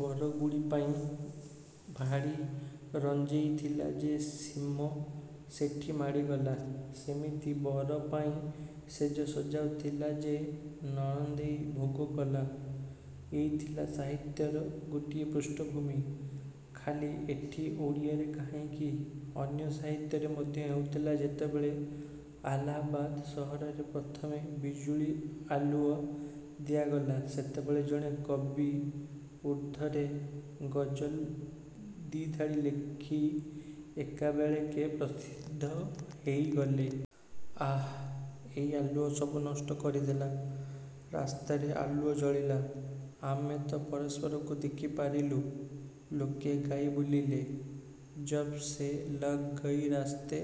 ବରଗୁଡ଼ି ପାଇଁ ଭାଡ଼ି ରଞ୍ଜେଇଥିଲା ଯେ ସୀମ ସେଠି ମାଡ଼ିଗଲା। ସେମିତି ବରପାଇଁ ଶେଜ ସଜାଉଥିଲା ଯେ ନଣନ୍ଦେଇ ଭୋଗ କଲା। ଇଏ ଥିଲା ସାହିତ୍ୟର ଗୋଟିଏ ପୃଷ୍ଠଭୂମି। ଖାଲି ଏଠି ଓଡ଼ିଆରେ କାହିଁକି ଅନ୍ୟ ସାହିତ୍ୟରେ ମଧ୍ୟ ହେଉଥିଲା ଯେତେବେଳେ ଆଲାହାବାଦ ସହରରେ ପ୍ରଥମେ ବିଜୁଳି ଆଲୁଅ ଦିଆଗଲା ସେତେବେଳେ ଜଣେ କବି ଉର୍ଦ୍ଦୁରେ ଗଜଲ୍ ଦି'ଧାଡ଼ି ଲେଖି ଏକାବେଳେକେ ପ୍ରସିଦ୍ଧ ହୋଇଗଲେ। ଆହା, ଏଇ ଆଲୁଅ ସବୁ ନଷ୍ଟ କରିଦେଲା। ରାସ୍ତାରେ ଆଲୁଅ ଜଳିଲା। ଆମେ ତ ପରସ୍ପରକୁ ଦେଖି ପାରିଲୁ। ଲୋକେ ଗାଇ ବୁଲିଲେ। -ଯବ୍ ସେ ଲଗ୍ ଗୟୀ ରାସ୍ତେ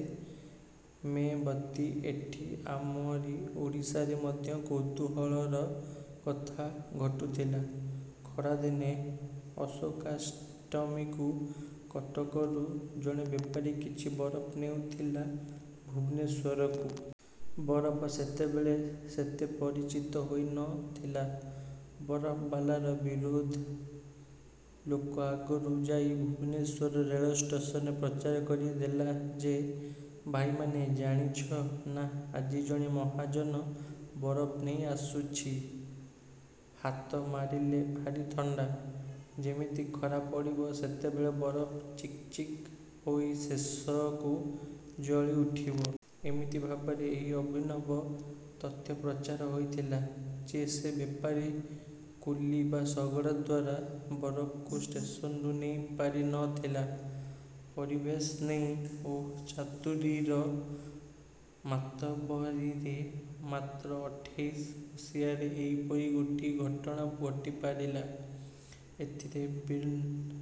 ମେ ବତୀ ଏଇଠି ଆମରି ଓଡ଼ିଶାରେ ମଧ୍ୟ କୌତୁହଳର କଥା ଘଟୁଥିଲା। ଖରାଦିନେ ଅଶୋକାଷ୍ଟମୀକୁ କଟକରୁ ଜଣେ ବେପାରି କିଛି ବରଫ ନେଉଥିଲା ଭୁବନେଶ୍ୱରକୁ। ବରଫ ସେତେବେଳେ ସେତେ ପରିଚିତ ହୋଇ ନ ଥିଲା। ବରଫବାଲାର ବିରୋଧି ଲୋକ ଆଗରୁ ଯାଇ ଭୁବନେଶ୍ୱର ରେଳଷ୍ଟେସନରେ ପ୍ରଚାର କରି ଦେଲା ଯେ-ଭାଇମାନେ ଜାଣିଛ ନା ଆଜି ଜଣେ ମହାଜନ ବରଫ୍ ନେଇ ଆସୁଛି। ହାତ ମାରିଲେ ଭାରି ଥଣ୍ତା। ଯେମିତି ଖରା ପଡ଼ିବ ସେତେବେଳେ ବରଫ ଚିକ୍ ଚିକ୍ ହୋଇ ଶେଷକୁ ଜଳି ଉଠିବ। ଏମିତି ଭାବରେ ଏହି ଅଭିନବ ତଥ୍ୟ ପ୍ରଚାର ହୋଇଥିଲା ଯେ ସେ ବେପାରୀ କୁଲି ବା ଶଗଡ଼ ଦ୍ୱାରା ବରଫକୁ ଷ୍ଟେସନରୁ ନେଇ ପାରି ନଥିଲା। ପରିବେଶ ନେଇ ଓ ଚାତୁରୀର ମାତବରୀରେ ମାତ୍ର ଅଠେଇଶି ମସିହାରେ ଏଇପରି ଗୋଟିଏ ଘଟଣା ଘଟିପାରିଲା। ଏଥିରେ ବିଷର୍ଣ୍ଣ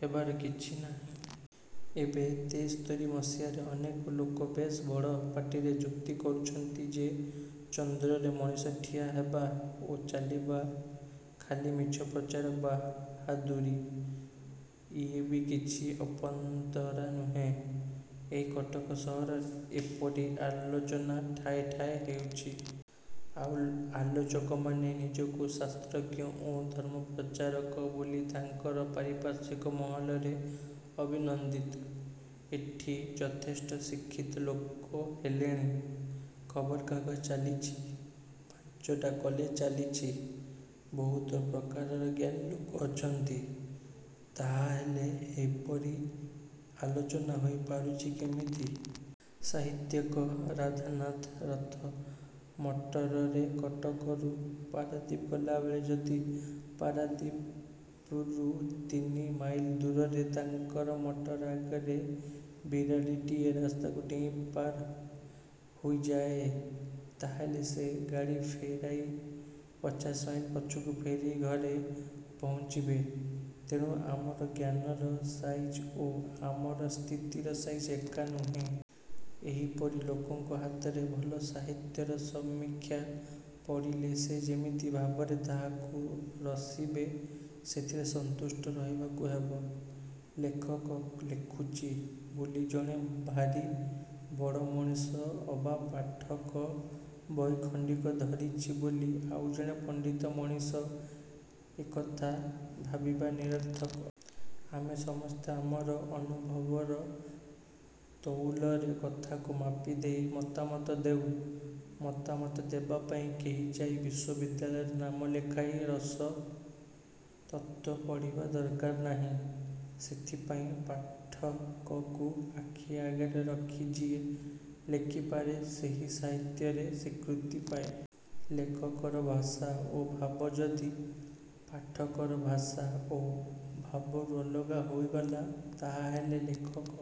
ହେବାର କିଛି ନାହିଁ। ଏବେ ତେସ୍ତରୀ ମସିହାରେ ଅନେକ ଲୋକ ବେଶ୍ ବଡ଼ ପାଟିରେ ଯୁକ୍ତି କରୁଛନ୍ତି ଯେ ଚନ୍ଦ୍ରରେ ମଣିଷ ଠିଆ ହେବା ଓ ଚାଲିବା ଖାଲି ମିଛ ପ୍ରଚାରର ବାହାଦୁରୀ। ଇଏ ବି କିଛି ଅପନ୍ତରା ନୁହେଁ। ଏହି କଟକ ସହରରେ ଏହିପରି ଆଲୋଚନା ଠାଏ ଠାଏ ହେଉଛି। ଆଉ ଆଲୋଚକମାନେ ନିଜକୁ ଶାସ୍ତ୍ରଜ୍ଞ ଓ ଧର୍ମପ୍ରଚାରକ ବୋଲି ତାଙ୍କର ପାରିପାର୍ଶ୍ୱିକ ମହଲରେ ଅଭିନନ୍ଦିତ। ଏଠି ଯଥେଷ୍ଟ ଶିକ୍ଷିତ ଲୋକ ହେଲେଣି। ଖବର କାଗଜ ଚାଲିଛି। ପାଞ୍ଚଟା କଲେଜ ଚାଲିଛି। ବହୁତ ପ୍ରକାରର ଜ୍ଞାନୀ ଲୋକ ଅଛନ୍ତି। ତାହାହେଲେ ଏହିପରି ଆଲୋଚନା ହୋଇ ପାରୁଛି କେମିତି? ସାହିତ୍ୟିକ ରାଧାନାଥ ରଥ ମଟରରେ କଟକରୁ ପାରାଦୀପ ଗଲାବେଳେ ଯଦି ପାରାଦୀପରୁ ତିନି ମାଇଲ ଦୂରରେ ତାଙ୍କର ମଟର ଆଗରେ ବିରାଡ଼ିଟିଏ ରାସ୍ତାକୁ ଡେଇଁ ପାର ହୋଇଯାଏ ତାହାହେଲେ ସେ ଗାଡ଼ି ଫେରାଇ ପଚାଶ ମାଇଲ ପଛକୁ ଫେରି ଘରେ ପହୁଞ୍ଚିବେ। ତେଣୁ ଆମର ଜ୍ଞାନର ସାଇଜ ଓ ଆମର ସ୍ଥିତିର ସାଇଜ ଏକା ନୁହେଁ। ଏହିପରି ଲୋକଙ୍କ ହାତରେ ଭଲ ସାହିତ୍ୟର ସମୀକ୍ଷା ପଡ଼ିଲେ ସେ ଯେମିତି ଭାବରେ ତାହାକୁ ରସିବେ ସେଥିରେ ସନ୍ତୁଷ୍ଟ ରହିବାକୁ ହେବ। ଲେଖକ ଲେଖୁଛି ବୋଲି ଜଣେ ଭାରି ବଡ଼ ମଣିଷ ଅବା ପାଠକ ବହିଖଣ୍ତିକ ଧରିଛି ବୋଲି ଆଉ ଜଣେ ପଣ୍ତିତ ମଣିଷ-ଏକଥା ଭାବିବା ନିରର୍ଥକ। ଆମେ ସମସ୍ତେ ଆମର ଅନୁଭବର ତଉଲରେ କଥାକୁ ମାପି ଦେଇ ମତାମତ ଦେଉ। ମତାମତ ଦେବା ପାଇଁ କେହି ଯାଇ ବିଶ୍ୱବିଦ୍ୟାଳୟରେ ନାମ ଲେଖାଇ ରସ-ତତ୍ତ୍ୱ ପଢ଼ିବା ଦରକାର ନାହିଁ। ସେଥିପାଇଁ ପାଠକକୁ ଆଖି ଆଗରେ ରଖି ଯିଏ ଲେଖିପାରେ ସେହି ସାହିତ୍ୟରେ ସ୍ୱୀକୃତି ପାଏ। ଲେଖକର ଭାଷା ଓ ଭାବ ଯଦି। ପାଠକର ଭାଷା ଓ ଭାବରୁ ଅଲଗା ହୋଇଗଲା ତାହାହେଲେ ଲେଖକ